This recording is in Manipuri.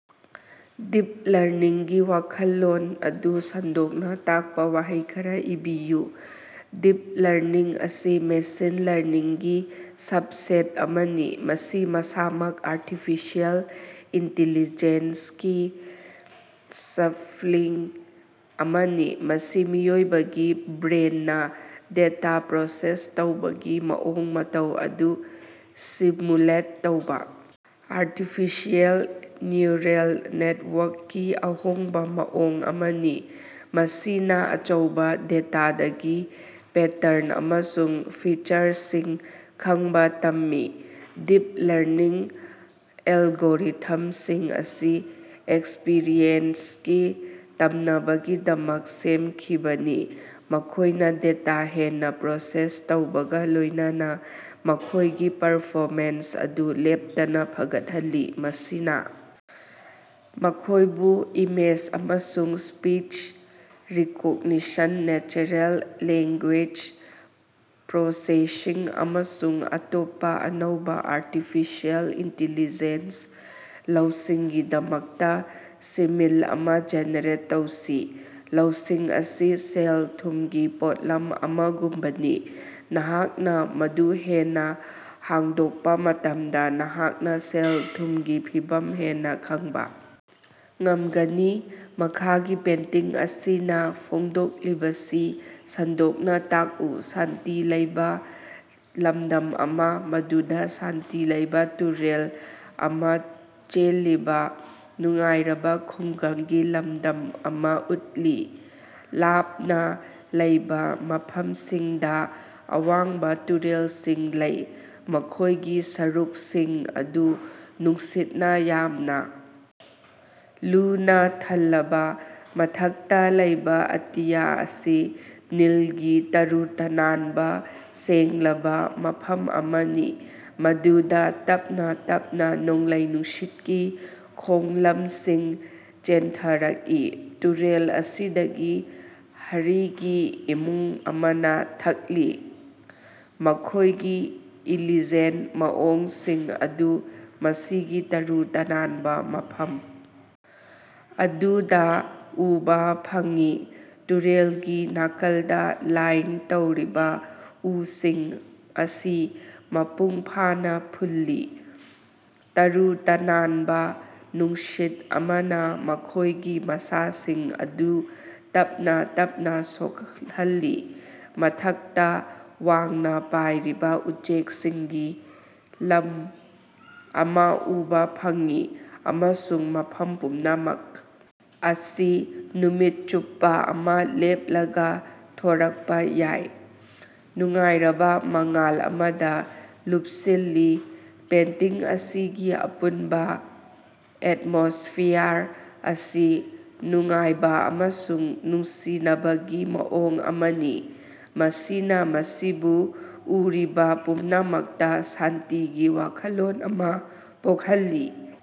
ꯗꯤꯞ ꯂꯔꯅꯤꯡꯒꯤ ꯋꯥꯈꯜꯂꯣꯟ ꯑꯗꯨ ꯁꯟꯗꯣꯛꯅꯥ ꯇꯥꯛꯄꯥ ꯋꯥꯍꯩ ꯈꯔꯥ ꯏꯕꯤꯌꯨ꯫ ꯗꯤꯞ ꯂꯔꯅꯤꯡ ꯑꯁꯤ ꯃꯦꯁꯤꯟ ꯂꯔꯅꯤꯡꯒꯤ ꯁꯕꯁꯦꯠ ꯑꯃꯅꯤ, ꯃꯁꯤ ꯃꯁꯥꯃꯛ ꯑꯥꯔꯇꯤꯐꯤꯁꯤꯑꯦꯜ ꯏꯟꯇꯤꯂꯤꯖꯦꯟꯁꯒꯤ ꯁꯞꯐꯤꯜ ꯑꯃꯅꯤ꯫ ꯃꯁꯤ ꯃꯤꯑꯣꯏꯕꯒꯤ ꯕ꯭ꯔꯦꯟꯅꯥ ꯗꯦꯇꯥ ꯄ꯭ꯔꯣꯁꯦꯁ ꯇꯧꯕꯒꯤ ꯃꯑꯣꯡ ꯃꯇꯧ ꯑꯗꯨ ꯁꯤꯃꯨꯂꯦꯠ ꯇꯧꯕꯥ ꯑꯥꯔꯇꯤꯐꯤꯁꯤꯑꯦꯜ ꯅ꯭ꯌꯨꯔꯦꯜ ꯅꯦꯠꯋꯥꯛꯀꯤ ꯑꯍꯣꯡꯕꯥ ꯃꯑꯣꯡ ꯑꯃꯅꯤ, ꯃꯁꯤꯅꯥ ꯑꯆꯧꯕꯥ ꯗꯦꯇꯥꯗꯒꯤ ꯄꯦꯇ꯭ꯔꯟ ꯑꯃꯁꯨꯡ ꯐꯤꯆꯔꯁꯤꯡ ꯈꯪꯕꯥ ꯇꯝꯃꯤ꯫ ꯗꯤꯞ ꯂꯔꯅꯤꯡ ꯑꯦꯜꯒꯣꯔꯤꯊꯝꯁꯤꯡ ꯑꯁꯤ ꯑꯦꯛꯁꯄ꯭ꯔꯤꯌꯦꯟꯁꯇꯒꯤ ꯇꯝꯅꯕꯒꯤꯗꯃꯛ ꯁꯦꯝꯈꯤꯕꯅꯤ, ꯃꯈꯣꯏꯅꯥ ꯗꯦꯇꯥ ꯍꯦꯟꯅꯥ ꯄ꯭ꯔꯣꯁꯦꯁ ꯇꯧꯕꯒꯥ ꯂꯣꯏꯅꯅꯥ ꯃꯈꯣꯏꯒꯤ ꯄꯔꯐꯣꯃꯦꯟꯁ ꯑꯗꯨ ꯂꯦꯞꯇꯅꯥ ꯐꯒꯠꯍꯜꯂꯤ꯫ ꯃꯁꯤꯅꯥ ꯃꯈꯣꯏꯕꯨ ꯏꯃꯦꯖ ꯑꯃꯁꯨꯡ speech recognition, natural language processing ꯑꯃꯁꯨꯡ ꯑꯇꯣꯞꯄꯥ ꯑꯅꯧꯕꯥ ꯑꯔꯇꯤꯐꯤꯁꯦꯜ ꯏꯟꯇꯤꯂꯤꯖꯦꯟꯁ ꯂꯧꯁꯤꯡꯒꯤꯗꯃꯛꯇꯥ ꯁꯤꯃꯤꯜ ꯑꯃꯥ ꯖꯦꯅꯦꯔꯦꯠ ꯇꯧꯁꯤ꯫ ꯂꯧꯁꯤꯡ ꯑꯁꯤ ꯁꯦꯜ-ꯊꯨꯝꯒꯤ ꯄꯣꯠꯂꯝ ꯑꯃꯒꯨꯝꯕꯅꯤ, ꯅꯍꯥꯛꯅꯥ ꯃꯗꯨ ꯍꯦꯟꯅꯥ ꯍꯥꯡꯗꯣꯛꯄꯥ ꯃꯇꯝꯗꯥ ꯅꯍꯥꯛꯅꯥ ꯁꯦꯜ-ꯊꯨꯝꯒꯤ ꯐꯤꯚꯝ ꯍꯦꯟꯅꯥ ꯈꯪꯕꯥ ꯉꯝꯒꯅꯤ꯫ ꯃꯈꯥꯒꯤ ꯄꯦꯟꯇꯤꯡ ꯑꯁꯤꯅꯥ ꯐꯣꯡꯗꯣꯛꯂꯤꯕꯁꯤ ꯁꯟꯗꯣꯛꯅ ꯇꯥꯛꯎ꯫ ꯁꯥꯟꯇꯤ ꯂꯩꯕꯥ ꯂꯝꯗꯝ ꯑꯃꯥ, ꯃꯗꯨꯗꯥ ꯁꯥꯟꯇꯤ ꯂꯩꯕꯥ ꯇꯨꯔꯦꯜ ꯑꯃꯥ ꯆꯦꯜꯂꯤꯕꯥ ꯅꯨꯡꯉꯥꯏꯔꯕꯥ ꯈꯨꯡꯒꯪꯒꯤ ꯂꯝꯗꯝ ꯑꯃꯥ ꯎꯠꯂꯤ꯫ ꯂꯥꯞꯅꯥ ꯂꯩꯕꯥ ꯃꯐꯝꯁꯤꯡꯗꯥ ꯑꯋꯥꯡꯕꯥ ꯇꯨꯔꯦꯜꯁꯤꯡ ꯂꯩ, ꯃꯈꯣꯏꯒꯤ ꯁꯔꯨꯛꯁꯤꯡ ꯑꯗꯨ ꯅꯨꯡꯁꯤꯠꯅꯥ ꯌꯥꯝꯅꯥ ꯂꯨꯅꯥ ꯊꯜꯂꯕꯥ, ꯃꯊꯛꯇꯥ ꯂꯩꯕꯥ ꯑꯇꯤꯌꯥ ꯑꯁꯤ ꯅꯤꯜꯒꯤ ꯇꯔꯨ ꯇꯅꯥꯟꯕꯥ ꯁꯦꯡꯂꯕꯥ ꯃꯐꯝ ꯑꯃꯅꯤ, ꯃꯗꯨꯗꯥ ꯇꯞꯅꯥ ꯇꯞꯅꯥ ꯅꯣꯡꯂꯩ ꯅꯨꯡꯁꯤꯠꯀꯤ ꯈꯣꯡꯂꯝꯁꯤꯡ ꯆꯦꯟꯊꯔꯛꯏ꯫ ꯇꯨꯔꯦꯜ ꯑꯁꯤꯗꯒꯤ ꯍꯔꯤꯒꯤ ꯏꯃꯨꯡ ꯑꯃꯅꯥ ꯊꯛꯂꯤ, ꯃꯈꯣꯏꯒꯤ ꯏꯂꯤꯖꯦꯟ ꯃꯑꯣꯡꯁꯤꯡ ꯑꯗꯨ ꯃꯁꯤꯒꯤ ꯇꯔꯨ ꯇꯅꯥꯟꯕꯥ ꯃꯐꯝ ꯑꯗꯨꯗꯥ ꯎꯕꯥ ꯐꯪꯏ꯫ ꯇꯨꯔꯦꯜꯒꯤ ꯅꯥꯀꯜꯗꯥ ꯂꯥꯏꯟ ꯇꯧꯔꯤꯕꯥ ꯎꯁꯤꯡ ꯑꯁꯤ ꯃꯄꯨꯡ ꯐꯥꯅꯥ ꯐꯨꯜꯂꯤ, ꯇꯔꯨ ꯇꯅꯥꯟꯕꯥ ꯅꯨꯡꯁꯤꯠ ꯑꯃꯅꯥ ꯃꯈꯣꯏꯒꯤ ꯃꯁꯥꯁꯤꯡ ꯑꯗꯨ ꯇꯞꯅꯥ ꯇꯞꯅꯥ ꯁꯣꯛꯍꯜꯂꯤ꯫ ꯃꯊꯛꯇꯥ ꯋꯥꯡꯅꯥ ꯄꯥꯏꯔꯤꯕꯥ ꯎꯆꯦꯛꯁꯤꯡꯒꯤ ꯂꯝ ꯑꯃꯥ ꯎꯕꯥ ꯐꯪꯏ ꯑꯃꯁꯨꯡ ꯃꯐꯝ ꯄꯨꯝꯅꯃꯛ ꯑꯁꯤ ꯅꯨꯃꯤꯠ ꯆꯨꯞꯄꯥ ꯑꯃꯥ ꯂꯦꯞꯂꯒꯥ ꯊꯣꯔꯛꯄꯥ ꯌꯥꯏ, ꯅꯨꯡꯉꯥꯏꯔꯕꯥ ꯃꯉꯥꯜ ꯑꯃꯗꯥ ꯂꯨꯞꯁꯤꯜꯂꯤ꯫ ꯄꯦꯟꯇꯤꯡ ꯑꯁꯤꯒꯤ ꯑꯄꯨꯟꯕꯥ ꯑꯦꯠꯃꯣꯁꯐꯤꯌꯥꯔ ꯑꯁꯤ ꯅꯨꯡꯉꯥꯏꯕꯥ ꯑꯃꯁꯨꯡ ꯅꯨꯡꯁꯤꯅꯕꯒꯤ ꯃꯑꯣꯡ ꯑꯃꯅꯤ, ꯃꯁꯤꯅꯥ ꯃꯁꯤꯕꯨ ꯎꯔꯤꯕꯥ ꯄꯨꯝꯅꯃꯛꯇꯥ ꯁꯥꯟꯇꯤꯒꯤ ꯋꯥꯈꯜꯂꯣꯟ ꯑꯃꯥ ꯄꯣꯛꯍꯜꯂꯤ꯫